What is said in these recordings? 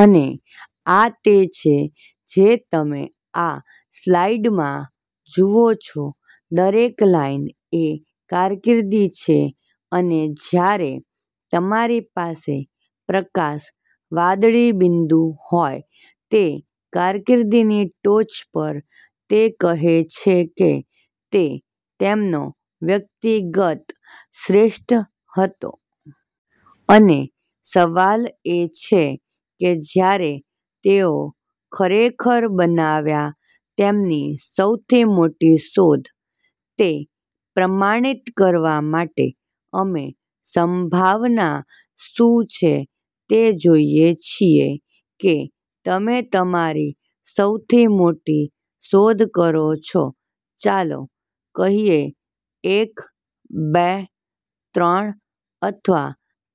અને આ તે છે જે તમે આ સ્લાઇડમાં જુઓ છો. દરેક લાઇન એ કારકિર્દી છે અને જ્યારે તમારી પાસે પ્રકાશ વાદળી બિંદુ હોય તે કારકિર્દીની ટોચ પર તે કહે છે કે તે તેમનો વ્યક્તિગત શ્રેષ્ઠ હતો. અને સવાલ એ છે કે જ્યારે તેઓ ખરેખર બનાવ્યા તેમની સૌથી મોટી શોધ. તે પ્રમાણિત કરવા માટે અમે સંભાવના શું છે તે જોઈએ છીએ કે તમે તમારી સૌથી મોટી શોધ કરો છો. ચાલો કહીએ એક, બે, ત્રણ અથવા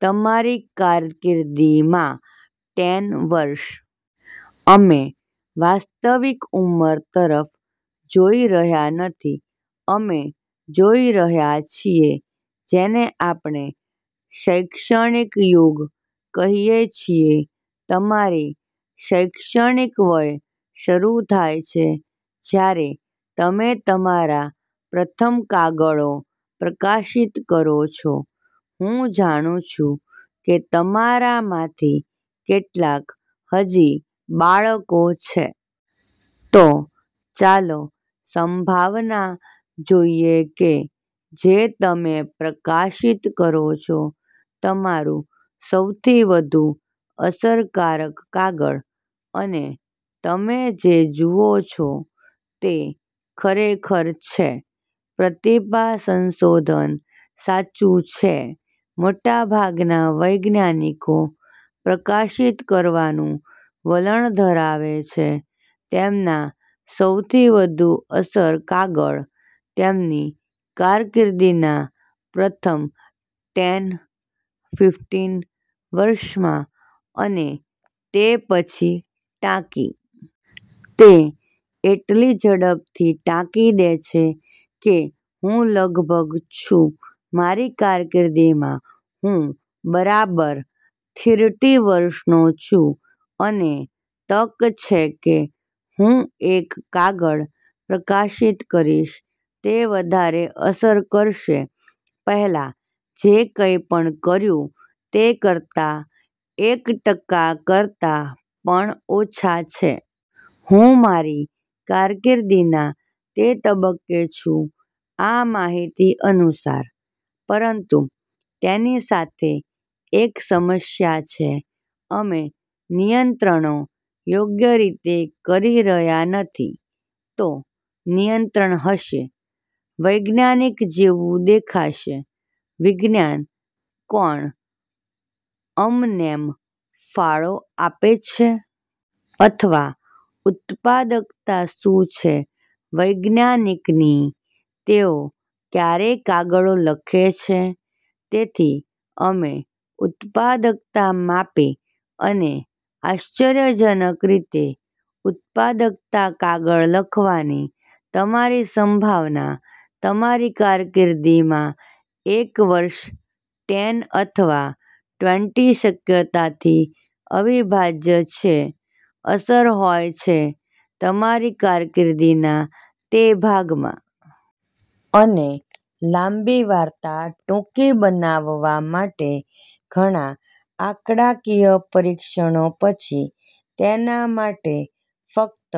તમારી કારકિર્દીમાં ટેન વર્ષ. અમે વાસ્તવિક ઉંમર તરફ જોઈ રહ્યા નથી. અમે જોઈ રહ્યા છીએ જેને આપણે "શૈક્ષણિક યુગ" કહીએ છીએ. તમારી શૈક્ષણિક વય શરૂ થાય છે જ્યારે તમે તમારા પ્રથમ કાગળો પ્રકાશિત કરો છો. હું જાણું છું કે તમારામાંથી કેટલાક હજી બાળકો છે. તો ચાલો સંભાવના જોઈએ કે જે તમે પ્રકાશિત કરો છો તમારું સૌથી વધુ અસરકારક કાગળ. અને તમે જે જુઓ છો તે ખરેખર છે. પ્રતિભા સંશોધન સાચું છે. મોટાભાગના વૈજ્ઞાનિકો પ્રકાશિત કરવાનું વલણ ધરાવે છે તેમના સૌથી વધુ અસર કાગળ તેમની કારકિર્દીના પ્રથમ ટેન, ફિફટિન વર્ષમાં અને તે પછી ટાંકી. તે એટલી ઝડપથી ટાંકી દે છે કે હું લગભગ છું મારી કારકિર્દીમાં હું બરાબર થીરટી વર્ષનો છું અને તક છે કે હું એક કાગળ પ્રકાશિત કરીશ તે વધારે અસર કરશે પહેલાં જે કંઈપણ કર્યું તે કરતાં એક ટકા કરતા પણ ઓછા છે. હું મારી કારકિર્દીના તે તબક્કે છું આ માહિતી અનુસાર. પરંતુ તેની સાથે એક સમસ્યા છે. અમે નિયંત્રણો યોગ્ય રીતે કરી રહ્યાં નથી. તો નિયંત્રણ હશે, વૈજ્ઞાનિક જેવું દેખાશે, વિજ્ઞાન કોણ અમનેમ ફાળો આપે છે? અથવા ઉત્પાદકતા શું છે વૈજ્ઞાનિકની? તેઓ ક્યારે કાગળો લખે છે? તેથી અમે ઉત્પાદકતા માપી અને આશ્ચર્યજનક રીતે ઉત્પાદકતા કાગળ લખવાની તમારી સંભાવના તમારી કારકિર્દીમાં એક વર્ષ, ટેન અથવા ટ્વેન્ટી શક્યતાથી અવિભાજ્ય છે અસર હોય છે તમારી કારકિર્દીના તે ભાગમાં. અને લાંબી વાર્તા ટૂંકી બનાવવા માટે ઘણાં આંકડાકીય પરીક્ષણો પછી તેના માટે ફક્ત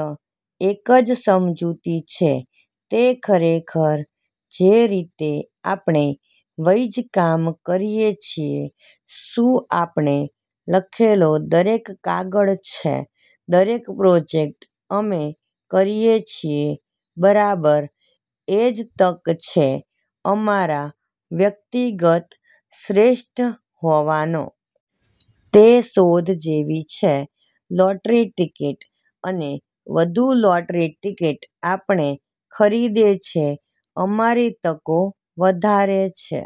એક જ સમજૂતી છે. તે ખરેખર જે રીતે આપણે વૈજ્ કામ કરીએ છીએ શું આપણે લખેલો દરેક કાગળ છે, દરેક પ્રોજેક્ટ અમે કરીએ છીએ, બરાબર એ જ તક છે અમારા વ્યક્તિગત શ્રેષ્ઠ હોવાનો. તે શોધ જેવી છે લોટરી ટિકિટ અને વધુ લોટરી ટિકિટ આપણે ખરીદે છે, અમારી તકો વધારે છે.